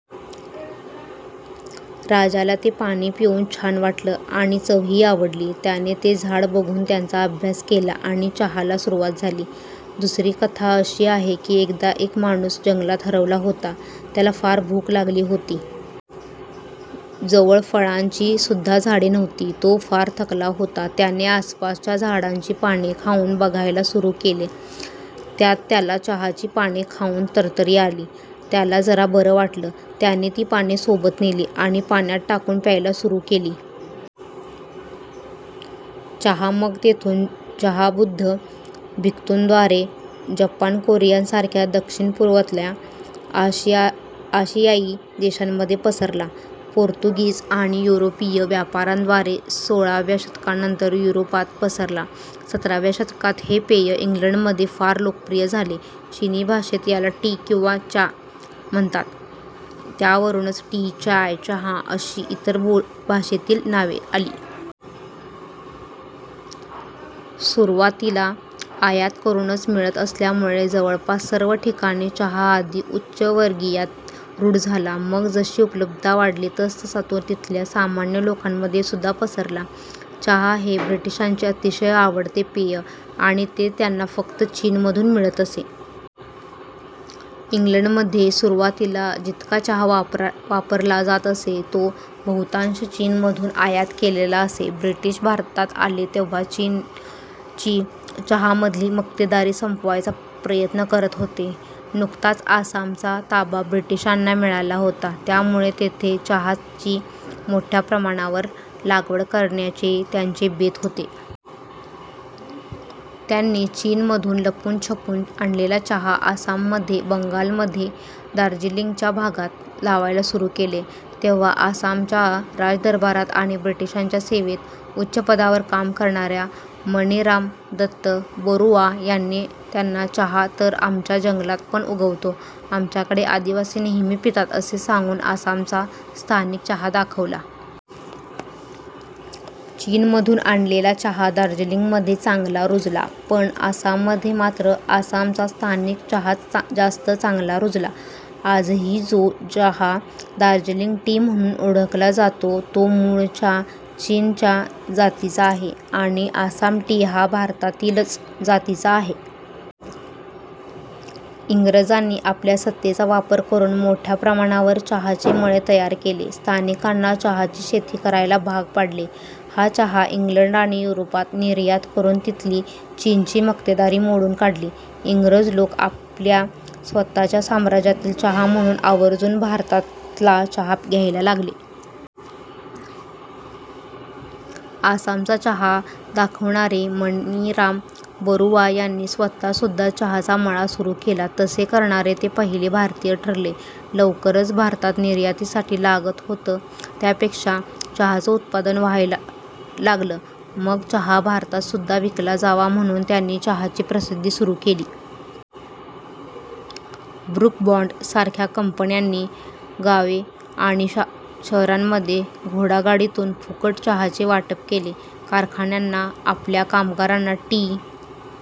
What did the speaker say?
राजाला ते पाणी पिऊन छान वाटलं आणि चवही आवडली. त्याने ते झाड बघून त्याचा अभ्यास केला आणि चहाला सुरुवात झाली. दुसरी कथा अशी आहे कि एकदा एक माणूस जंगलात हरवला होता. त्याला फार भूक लागली होती. जवळ फळांची सुद्धा झाडे नव्हती. तो फार थकला होता. त्याने आसपासच्या झाडांची पाने खाऊन बघायला सुरु केलं. त्यात त्याला चहाची पाने खाऊन तरतरी आली. त्याला जरा बरं वाटलं. त्याने ती पाने सोबत नेली आणि पाण्यात टाकून प्यायला सुरु केली. चहा मग तिथून चहा बुद्ध भिक्खुंद्वारे जपान कोरिया सारख्या दक्षिण पूर्वेतल्या आशियायी देशांमध्ये पसरला. पोर्तुगीज आणि युरोपीय व्यापाऱ्यांद्वारे सोळाव्या शतकानंतर युरोपात पसरला. सतराव्या शतकात हे पेय इंग्लंडमध्ये फार लोकप्रिय झाले. चिनी भाषेत याला टी किंवा चा म्हणतात, त्यावरूनच टी, चाय, चहा अशी इतर भाषेतली नावे आली. सुरुवातीला आयात करूनच मिळत असल्यामुळे जवळपास सर्व ठिकाणी चहा आधी उच्चवर्गीयात रूढ झाला. मग जशी उपलब्धता वाढली तसतसा तो तिथल्या सामान्य लोकांमध्ये सुद्धा पसरला. चहा हे ब्रिटिशांचे अतिशय आवडते पेय आणि ते त्यांना फक्त चीनमधून मिळत असे. इंग्लंडमध्ये सुरुवातीला जितका चहा वापरला जात असे तो बहुतांश चीनमधून आयात केलेला असे. ब्रिटिश भारतात आले तेव्हा चीनची चहामधली मक्तेदारी संपवायचा प्रयत्न करत होते. नुकताच आसामचा ताबा ब्रिटिशांना मिळाला होता त्यामुळे तिथे चहाची मोठ्या प्रमाणावर लागवड करण्याचे त्यांचे बेत होते. त्यांनी चीनमधून लपून छपून आणलेला चहा आसाममध्ये, बंगालमध्ये दार्जिलिंगच्या भागात लावायला सुरु केले. तेव्हा आसामच्या राजदरबारात आणि ब्रिटिशांच्या सेवेत उच्चपदावर काम करणाऱ्या मणिराम दत्त बरुआ यांनी त्यांना चहा तर आमच्या जंगलात पण उगवतो, आमच्याकडे आदिवासी नेहमी पितात असे सांगून आसामचा स्थानिक चहा दाखवला. चीनमधून आणलेला चहा दार्जिलिंग मध्ये चांगला रुजला पण आसाम मध्ये मात्र आसामचा स्थानिक चहाच जास्त चांगला रुजला. आजही जो चहा दार्जिलिंग टी म्हणून ओळखला जातो तो मूळच्या चीनच्या जातीचा आहे आणि आसाम टी हा भारतातीलच जातीचा आहे. इंग्रजांनी आपल्या सत्तेचा वापर करून मोठ्या प्रमाणावर चहाचे मळे तयार केले. स्थानिकांना चहाची शेती करायला भाग पाडले. हा चहा इंग्लंड आणि युरोपात निर्यात करून तिथली चीनची मक्तेदारी मोडून काढली. इंग्रज लोक आपल्या स्वतःच्या साम्राज्यातील चहा म्हणून आवर्जून भारतातला चहा घ्यायला लागले. आसामचा चहा दाखवणारे मणिराम बरुआ यांनीं स्वतः सुद्धा चहाचा मळा सुरु केला. तसे करणारे ते पहिले भारतीय ठरले. लवकरच भारतात निर्यातीसाठी लागत होतं त्यापेक्षा चहाचं उत्पादन व्हायला लागलं. मग चहा भारतात सुद्धा विकला जावा म्हणून त्यांनी चहाची प्रसिद्धी सुरु केली. ब्रुक बॉण्ड सारख्या कंपन्यांनी गावे आणि शहरांमध्ये घोडागाडीतून फुकट चहाचे वाटप केले. कारखान्यांना आपल्या कामगारांना टी